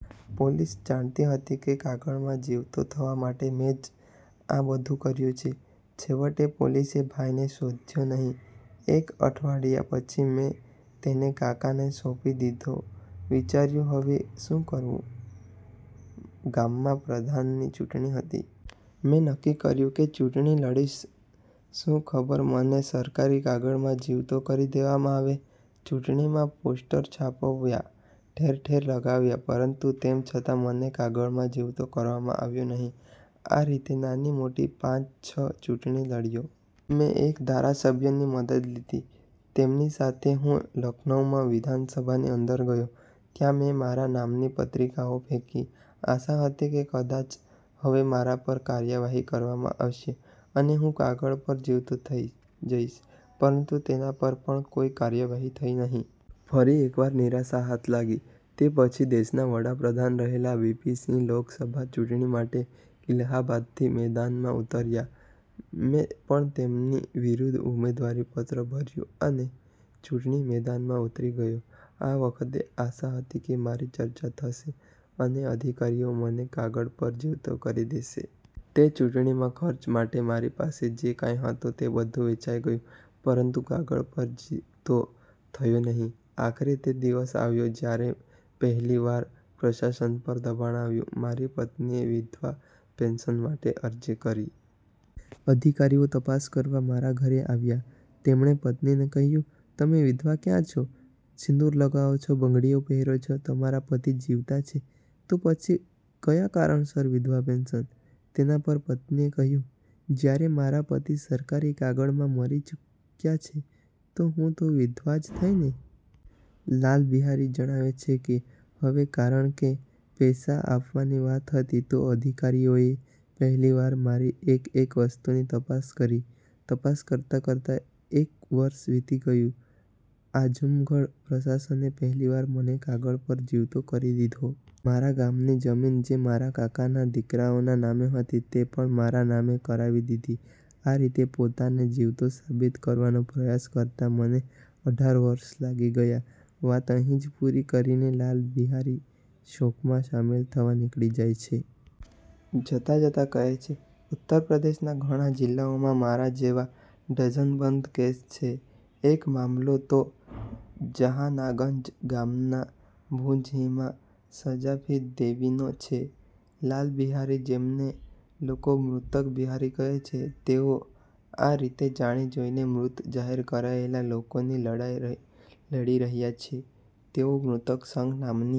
"Police જાણતી હતી કે કાગળમાં જીવતો થવા માટે મેં જ આ બધું કર્યું છે. છેવટે, પોલીસે ભાઈને શોધ્યો નહીં. એક અઠવાડિયા પછી મેં તેને કાકાને સોંપી દીધો. વિચાર્યું હવે શું કરું? ગામમાં પ્રધાનની ચૂંટણી હતી. મેં નક્કી કર્યું કે ચૂંટણી લડીશ, શું ખબર મને સરકારી કાગળમાં જીવતો કરી દેવામાં આવે. ચૂંટણીમાં પોસ્ટર છપાવ્યા. ઠેર-ઠેર લગાવ્યા, પરંતુ તેમ છતાં મને કાગળમાં જીવતો કરવામાં આવ્યો નહીં. આ રીતે નાની-મોટી પાંચ-છ ચૂંટણી લડ્યો. મેં એક ધારાસભ્યની મદદ લીધી. તેમની સાથે હું લખનઉમાં વિધાનસભાની અંદર ગયો. ત્યાં મેં મારા નામની પત્રિકાઓ ફેંકી. આશા હતી કે કદાચ હવે મારા પર કાર્યવાહી કરવામાં આવશે, અને હું કાગળ પર જીવતો થઈ જઈશ, પરંતુ તેના પર પણ કોઈ કાર્યવાહી થઈ નહીં. ફરી એકવાર નિરાશા હાથ લાગી. તે પછી દેશના વડાપ્રધાન રહેલા વીપી સિંહ લોકસભા ચૂંટણી માટે ઇલાહાબાદથી મેદાનમાં ઉતર્યા. મેં પણ તેમની વિરુદ્ધ ઉમેદવારી પત્ર ભર્યું, અને ચૂંટણી મેદાનમાં ઉતરી ગયો. આ વખતે આશા હતી કે મારી ચર્ચા થશે અને અધિકારીઓ મને કાગળ પર જીવતો કરી દેશે. તે ચૂંટણીમાં ખર્ચ માટે મારી પાસે જે કંઈ હતું તે બધું વેચાઈ ગયું, પરંતુ કાગળ પર જીવતો થયો નહીં. આખરે, તે દિવસ આવ્યો જ્યારે પહેલીવાર પ્રશાસન પર દબાણ આવ્યું. મારી પત્નીએ વિધવા પેન્શન માટે અરજી કરી. અધિકારીઓ તપાસ કરવા મારા ઘરે આવ્યા. તેમણે પત્નીને કહ્યું, "તમે વિધવા ક્યાં છો? સિંદૂર લગાવો છો, બંગડીઓ પહેરો છો, તમારા પતિ જીવતા છે, તો પછી કયા કારણસર વિધવા પેન્શન?" તેના પર પત્નીએ કહ્યું, "જ્યારે મારા પતિ સરકારી કાગળમાં મરી ચૂક્યા છે, તો હું તો વિધવા જ થઈ ને?" લાલા બિહારી જણાવે છે કે, "હવે કારણ કે પૈસા આપવાની વાત હતી, તો અધિકારીઓએ પહેલીવાર મારી એક-એક વસ્તુની તપાસ કરી. તપાસ કરતા-કરતા એક વર્ષ વીતી ગયું. આઝમગઢ પ્રશાસને પહેલીવાર મને કાગળ પર જીવતો કરી દીધો. મારા ગામની જમીન, જે મારા કાકાના દીકરાઓના નામે હતી, તે પણ મારા નામે કરાવી દીધી. આ રીતે પોતાને જીવતો સાબિત કરવાનો પ્રયાસ કરતા મને અઢાર વર્ષ લાગી ગયા." વાત અહીં જ પૂરી કરીને લાલ બિહારી શોકમાં સામેલ થવા નીકળી જાય છે. જતા-જતા કહે છે, "ઉત્તર પ્રદેશના ઘણા જિલ્લાઓમાં મારા જેવા ડઝનબંધ કેસ છે. એક મામલો તો જહાનાગંજ ગામના ભુજહીંમાં સંજાફી દેવીનો છે." લાલ બિહારી, જેમને લોકો 'મૃતક બિહારી' કહે છે, તેઓ આ રીતે જાણી જોઈને મૃત જાહેર કરાયેલા લોકોની લડાઈ લડી રહ્યા છે. તેઓ 'મૃતક સંઘ' નામની